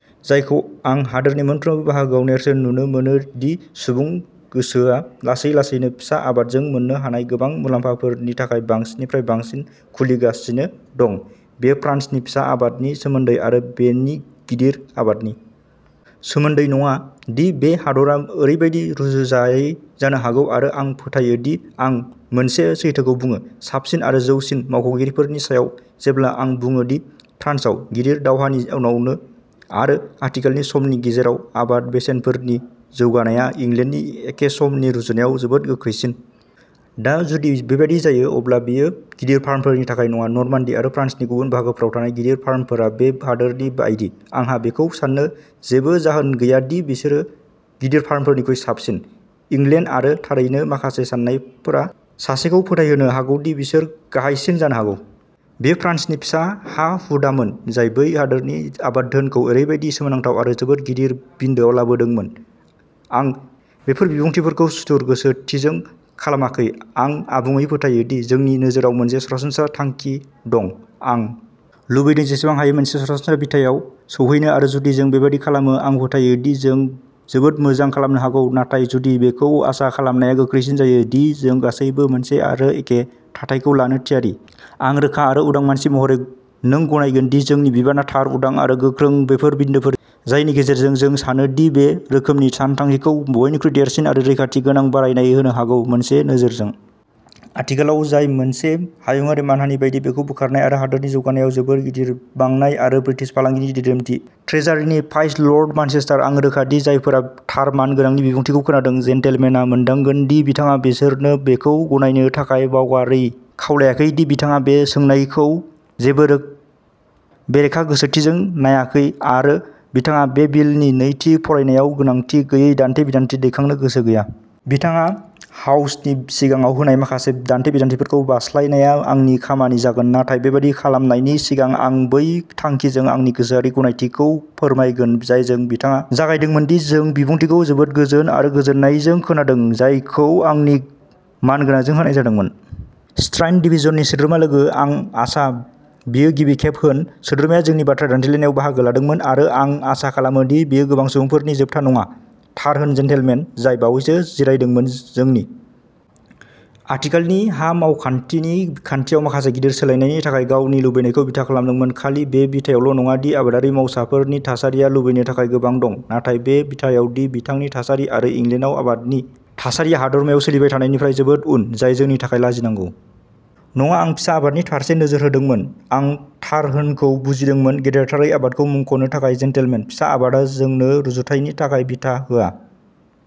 जायखौ आं हादोरनि मोनफ्रोमबो बाहागोआव नेरसोन नुनो मोनो दि सुबुं गोसोआ लासै लासैनो फिसा आबादजों मोननो हानाय गोबां मुलाम्फाफोरनि थाखाय बांसिननिफ्राय बांसिन खुलिगासिनो दं। बेयो फ्रान्सनि फिसा आबादनि सोमोन्दै आरो बेनि गिदिर आबादनि सोमोन्दै नङा, दि बे हादरा ओरैबायदि रुजुजायै जानो हागौ आरो आं फोथायो दि आं मोनसे सैथोखौ बुङो, साबसिन आरो जौसिन मावख'आरिफोरनि सायाव, जेब्ला आं बुङो दि फ्रान्सआव, गिदिर दावहानि उनावनो आरो आथिखालनि समनि गेजेराव आबाद बेसेनफोरनि जौगानाया इंलेन्डनि एखे समनि रुजुनायाव जोबोद गोख्रैसिन। दा, जुदि बेबादि जायो, अब्ला बेयो गिदिर फार्मफोरनि थाखाय नङा। नर्मान्डी आरो फ्रान्सनि गुबुन बाहागोफोराव थानाय गिदिर फार्मफोरा बे हादोरनि बायदि। आंहा बेखौ सान्नो जेबो जाहोन गैया दि बिसोरो गिदिर फार्मफोरनिख्रुइ साबसिन। इंलेन्ड आरो थारैनो माखासे सान्नायफोरा सासेखौ फोथायहोनो हागौ दि बिसोर गाहायसिन जानो हागौ। बेयो फ्रान्सनि फिसा हा-हुदामोन जाय बै हादोरनि आबाद धोनखौ ओरैबायदि सोमोनांथाव आरो जोबोद गिदिर बिन्दोआव लाबोदोंमोन। आं बेफोर बिबुंथिफोरखौ सुथुर गोसोथिजों खालामाखै। आं आबुङै फोथायो दि जोंनि नोजोराव मोनसे सरासनस्रा थांखि दं। आं लुबैदों जेसेबां हायो मोनसे सरासनस्रा बिथायाव सौहैनो आरो जुदि जों बेबादि खालामो आं फोथायो दि जों जोबोद मोजां खालामनो हागौ; नाथाय जुदि बेखौ आसा खालामनाया गोख्रैसिन जायो दि जों गासैबो मोनसे आरो एखे थाथायखौ लानो थियारि, आं रोखा आरो उदां मानसि महरै नों गनायगोनदि जोंनि बिबानआ थार, उदां आरो गोख्रों बैफोर बिन्दोफोर जायनि गेजेरजों जों सानो दि बे रोखोमनि सानथांखिखौ बयनिख्रुइ देरसिन आरो रैखाथिगोनां बारायनाय होनो हागौ, मोनसे नोजोरजों। आथिखालाव जाय मोनसे हायुंआरि मानहानि बायदि बेखौ बोखारनाय आरो हादोरनि जौगानायाव जोबोद गिदिर बांनाय आरो ब्रिटिश फालांगिनि दिदोमथि। ट्रेजारि नि फाइस्ट लर्ड मानचेस्टार, आं रोखा दि जायफोरा थार मानगोनां नि बिबुंथिखौ खोनादों। जेन्टलमेनआ मोनदांगोन दि बिथाङा बिसोरनो बेखौ गनायनो थाखाय बावगारै खावलायाखै दि बिथाङा बे सोंनायखौ जेबो रो बेरेखा गोसोथिजों नायाखै, आरो बिथाङा बे बिलनि नैथि फरायनायाव गोनांथि गैयै दान्थे-बिदान्थे दैखांनो गोसो गैया। बिथाङा हाउसनि सिगाङाव होनाय माखासे दान्थे-बिदान्थेफोरखौ बारस्लायनाया आंनि खामानि जागोन; नाथाय बेबादि खालामनायनि सिगां, आं बै थांखिजों आंनि गोसोआरि गनायथिखौ फोरमायगोन जायजों बिथाङा जागायदोंमोनदि जों बिबुंथिखौ जोबोद गोजोन आरो गोजोननायजों खोनादों। जायखौ आंनि मानगोनांजों होनाय जादोंमोन। स्ट्रान्ड डिभिज'ननि सोद्रोमा लोगो। आं आसा बेयो गिबि खेब होन. सोद्रोमाया जोंनि बाथ्रा दान्थेलायनायाव बाहागो लादोंमोन, आरो आं आसा खालामो दि बेयो गोबां सुबुंफोरनि जोबथा नङा। थार होन जेन्टलमेन, जाय बावैसो जिरायदोंमोन, जोंनि आथिखालनि हा मावखान्थिनि खान्थियाव माखासे गिदिर सोलायनायनि थाखाय गावनि लुबैनायखौ बिथा खालामदोंमोन, खालि बे बिथायावल' नङा दि आबादारि मावसाफोरनि थासारिया लुबैनो थाखाय गोबां दं, नाथाय बे बिथायाव दि बिथांनि थासारि आरो इंलेन्डआव आबादनि थासारिया हादोरमायाव सोलिबाय थानायनिफ्राय जोबोद उन, जाय जोंनि थाखाय लाजिनांगौ। नङा आं फिसा आबादनि फारसे नोजोर होदोंमोन। आं थार होनखौ बुजिदोंमोन। गेदेरथारै आबादखौ मुंख'नो थाखाय जेनटलमेन। फिसा आबादा जोंनो रुजुथायनि थाखाय बिथा होआ।